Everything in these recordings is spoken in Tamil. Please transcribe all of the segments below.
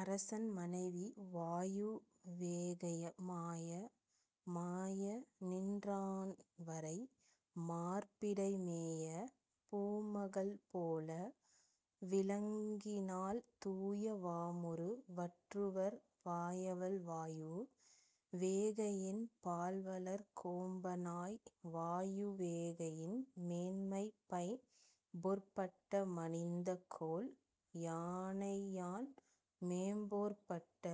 அரசன் மனைவி வாயுவேகை மாய மாயநின் றான்வரை மார்பிடை மேய பூமகள் போல விளங்கினாள் தூய வாமுறு வற்றுவர் வாயவள் வாயு வேகையென் பாள்வளர் கோம்பனாய். வாயுவேகையின் மேன்மை பைம்பொற் பட்ட மணிந்த கொல் யானையான் மேம்பொற் பட்ட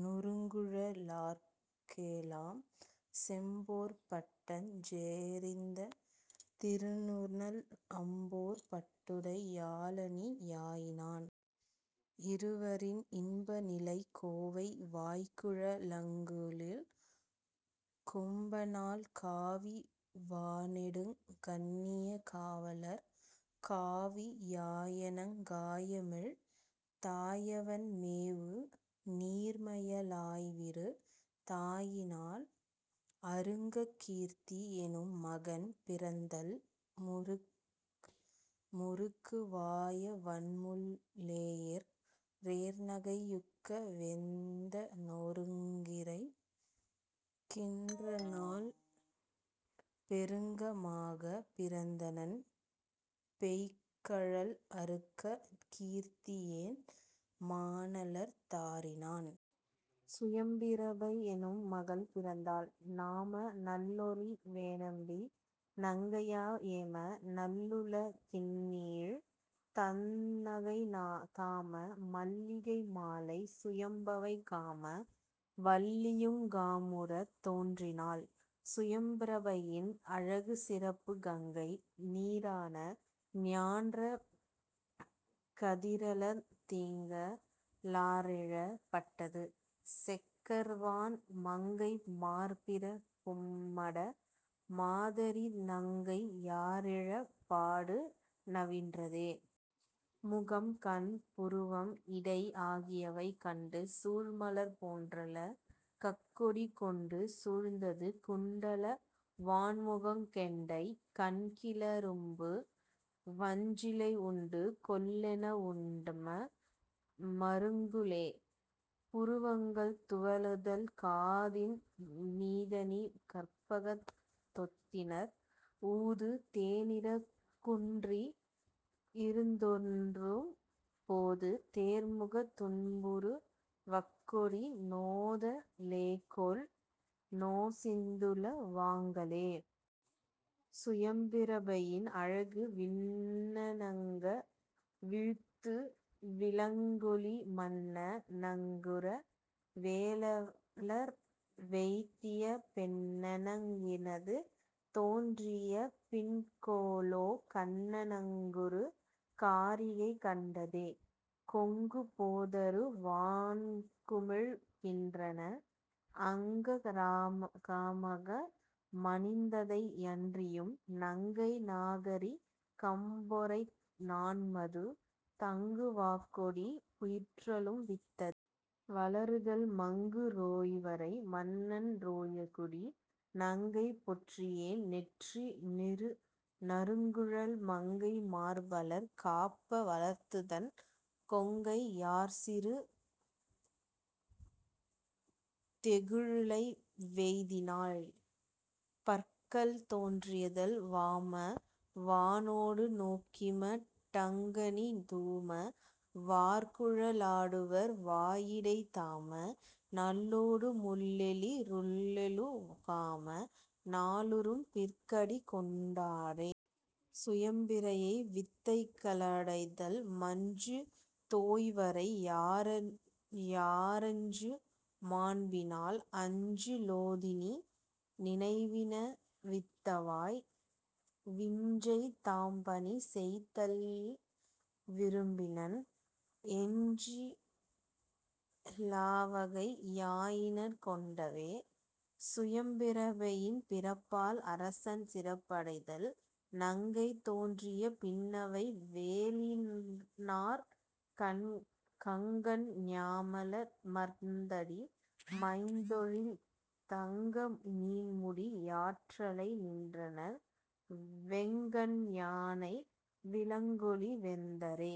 நறுங்குழ லார்க்கெலாம் செம்பொற் பட்டஞ் செறிந்த திருநுதல் அம்பொற் பட்டுடை யாளணி யாயினான். இருவரின் இன்பநிலை கோவை வாய்குழ லங்குளிர் கொம்பனாள் காவி வாணெடுங் கண்ணியக் காவலற் காவி யாயணங் காயமிழ் தாயவன் மேவு நீர்மைய ளாய்விருந் தாயினாள். அருங்ககீர்த்தி எனும் மகன் பிறந்தல் முருக்கு வாயவண் முள்ளெயிற் றேர்நகை யுக்க வெந்த னொருங்குறை கின்றநாள் பெருக்க மாகப் பிறந்தனன் பெய்கழல் அருக்க கீர்த்தி யென் மானலர் தாரினான். சுயம்பிரபை எனும் மகள் பிறந்தால் நாம நள்லொளி வேனம்பி நங்கையா யேம நல்லுல கின்னிழிந் தந்நகைத் தாம மல்லிகை மாலைச் சுயம்பவை காம வல்லியுங் காமுறத் தோன்றினாள். சுயம்பிரபையின் அழகுச் சிறப்பு கங்கை நீரான ஞான்ற கதிரிளந் திங்க ளாற்றெழப் பட்டது செக்கர்வான் மங்கை மார்பிறப் பும்மட மாதரிந் நங்கை யாற்றெழப் பாடு நவின்றதே. முகம், கண், புருவம், இடை ஆகியவை கண்டு சூழ்மலர் போன்றள கக்கொடி கொண்டு சூழ்ந்தது குண்டல வாண்முகங் கெண்டை கண்கிள ரும்புரு வஞ்சிலை உண்டு கொல்லென வுண்டும மருங்குலே. புருவங்கள் துவளுதல் காதின் மீதணி கற்பகத் தொத்திணர் ஊது தேனிற கூன்றி யிருத்தொன்றும் போது தேர்முகத் தும்புரு வக்கொடி நோத லேகொல்நொ சிந்துள வாங்களே. சுயம்பிரபையின் அழகு விண்ண ணங்க விழித்து விளங்கொளி மண்ண ணங்குற வேலாளர் வெய்திய பெண்ண ணங்கிது தோன்றிய பின்கொலோ கன்ன ணங்குறு காரிகை கண்டதே. கொங்கு போதரு வான்குமிழ் கின்றன அங்க ராகமாக மணிந்ததை யன்றியும் நங்கை நாகரி கம்பொறை நாண்மதுத் தங்கு வார்கொடி யிற்றள வித்த. வளருதல் மங்கு றோய்வரை மன்னன் றோல்குடி நங்கை பொற்றியென் றேற்றி நறுங்குழல் மங்கை மார்பலர் காப்ப வளர்த்துதன் கொங்கை யாற்சிறு தெகுழை வெய்தினாள். பற்கள் தோன்றுதல் வாம வாணோடு நோக்கிம டங்கனி தூம வார்குழ லாடுவர் வாயிடை தாம நள்லோடு முள்ளெயி றுள்ளெழு காம னாளரும் பிற்கடி கொண்டவே. சுயம்பிரபை வித்தைகளடைதல் மஞ்சு தோய்வரை யாரஞ்சு மாண்பினால் அஞ்சி லோதிநி நினைப்பின வித்தவாய் விஞ்சை தாம்பணி செய்தல் விரும்பினன் எஞ்சி லாவகை யாயிணர் கொண்டவே. சுயம்பிரபையின் பிறப்பால் அரசன் சிறப்படைதல் நங்கை தோன்றிய பின்னவை வேலினாற் கங்கண் ஞாமல மர்ந்தடி மைத்தொழில் தங்க நீண்முடி யாற்றலை நின்றனர் வெங்கண் யானைவி ளங்கொளி வேந்தரே.